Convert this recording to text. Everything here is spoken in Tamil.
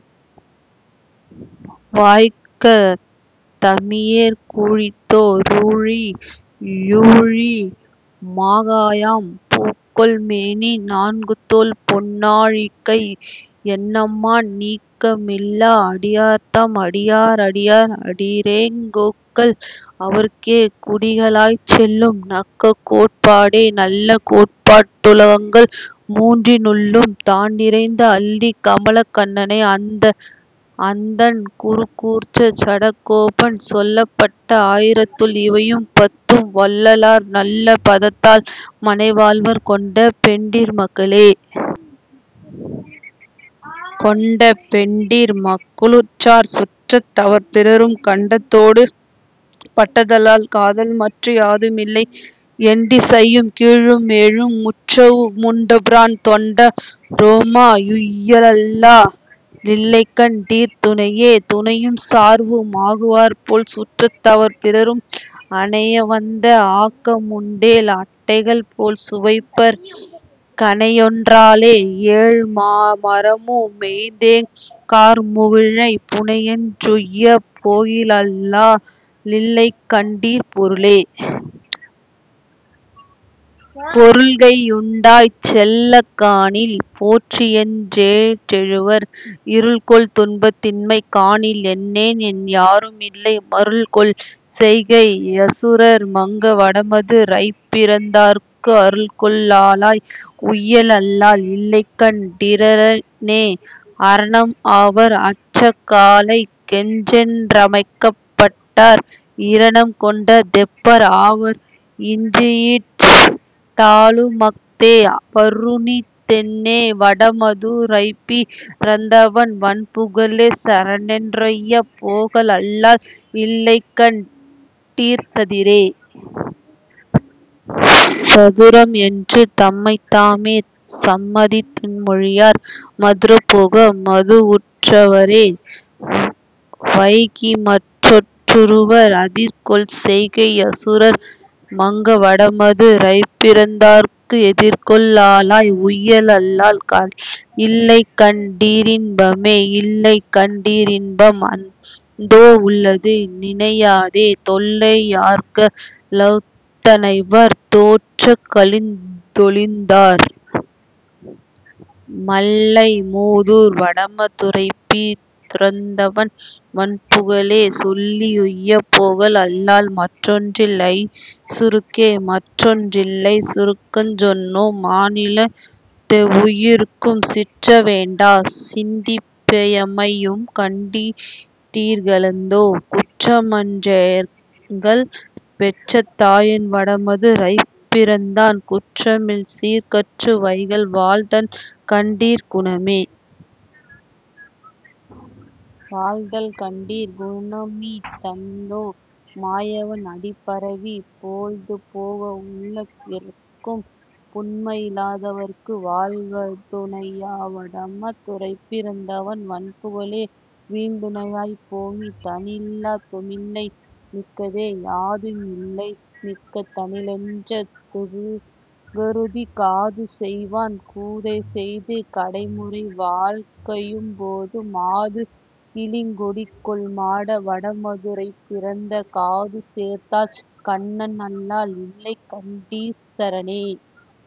வாய்க்க தமியேற் கூழிதோ றூழி யூழி மாகாயாம் பூக்கொள் மேனி நான்குதோள் பொன்னா ழிக்கை யென்னம்மான், நீக்க மில்லா அடியார்தம் அடியார் அடியார் அடியாரெங் கோக்கள், அவர்க்கே குடிகளாய்ச் செல்லும் நல்ல கோட்பாடே. நல்ல கோட்பாட் டுலகங்கள் மூன்றி னுள்ளும் தான்நிறைந்த, அல்லிக் கமலக் கண்ணனை அந்தண் குருகூர்ச் சடகோபன், சொல்லப் பட்ட ஆயிரத்துள் இவையும் பத்தும் வல்லார்கள், நல்ல பதத்தால் மனைவாழ்வர் கொண்ட பெண்டிர் மக்களே. கொண்ட பெண்டிர் மக்களுற்றார் சுற்றத் தவர்பிறரும், கண்ட தோடு பட்டதல்லால் காதல்மற்று யாதுமில்லை, எண்டி சையும் கீழும்மேலும் முற்றவு முண்டபிரான், தொண்ட ரோமா யுய்யலல்லா லில்லைகண் டீர்துணையே.. துணையும் சார்வு மாகுவார்போல் சுற்றத் தவர்பிறரும், அணையவந்த ஆக்கமுண்டேல் அட்டைகள்போல்சுவைப்பர், கணையொன் ராலே யேழ்மாமரமு மெய்தேங் கார்முகிலை, புணையென் றுய்யப் போகிலல்லா லில்லைகண் டீர்பொருளே.. பொருள்கை யுண்டாய்ச் செல்லக் காணில் போற்றியென் றேற்றெழுவர், இருள்கொள் துன்பத் தின்மை காணில் என்னேஎன் பாருமில்லை, மருள்கொள் செய்கை யசுரர் மங்க வடமது ரைப்பிறந்தாற்கு அருள்கொள் ஆளாய் உய்யல் அல்லால் இல்லைகண் டீரரணே.. அரணம் ஆவர் அற்ற காலைக் கென்றென் றமைக்கப்பட்டார், இரணம் கொண்ட தெப்பர் ஆவர் இன்றியிட் டாலுமஃஅதே, வருணித் தென்னே வடமது ரைப்பி றந்தவன் வண்புகழே, சரணென் றுய்யப் போகல் அல்லால் இல்லைகண் டீர்சதிரே.. சதுரம் என்று தம்மைத் தாமே சம்மதித் தின்மொழியார், மதுர போக மதுவுற் றவரே வைகிமற் றொன்றுறுவர், அதிர்கொள் செய்கை யசுரர் மங்க வடமது ரைப்பிறந்தாற்கு, எதிர்கொள் ஆளாய் உய்யல் அல்லால் இல்லைகண் டீரின்பமே.. இல்லை கண்டீர் இன்பம் அந்தோ. உள்ளது நினையாதே, தொல்லை யார்க ளெத்த னைவர் தோன்றிக் கழிந்தொழிந்தார்? மல்லை மூதூர் வடம துரைப்பி றந்தவன் வண்புகழே, சொல்லி யுய்யப் போகல் அல்லால் மற்றொன்றில் லைசுருக்கே.. மற்றொன் றில்லை சுருங்கச் சொன்னோம் மாநிலத் தெவ்வுயிர்க்கும், சிற்ற வேண்டா சிந்திப் பேயமை யும்கண் டீர்களந்தோ. குற்றமன் றெங்கள் பெற்றத் தாயன் வடமது ரைப்பிறந்தான், குற்ற மில்சீர் கற்று வைகல் வாழ்தல்கண் டீர்குணமே.. வாழ்தல் கண்டீர் குணமி தந்தோ. மாயவன் அடிபரவி, போழ்து போக வுள்ள கிற்கும் புன்மையி லாதவர்க்கு, வாழ்து ணையா வடம துரைப்பி றந்தவன் வண்புகழே, வீழ்து ணையாய்ப் போமி தனில்யா துமில்லை மிக்கதே.. யாது மில்லை மிக்க தனிலென் றன்ற துகருதி, காது செய்வான் கூதை செய்து கடைமுறை வாழ்கையும்போம், மாது கிலிங்கொ டிக்கொள் மாட வடமது ரைப்பிறந்த, தாது சேர்தாள் கண்ணன் அல்லால் இல்லைகண் டீரிசரணே..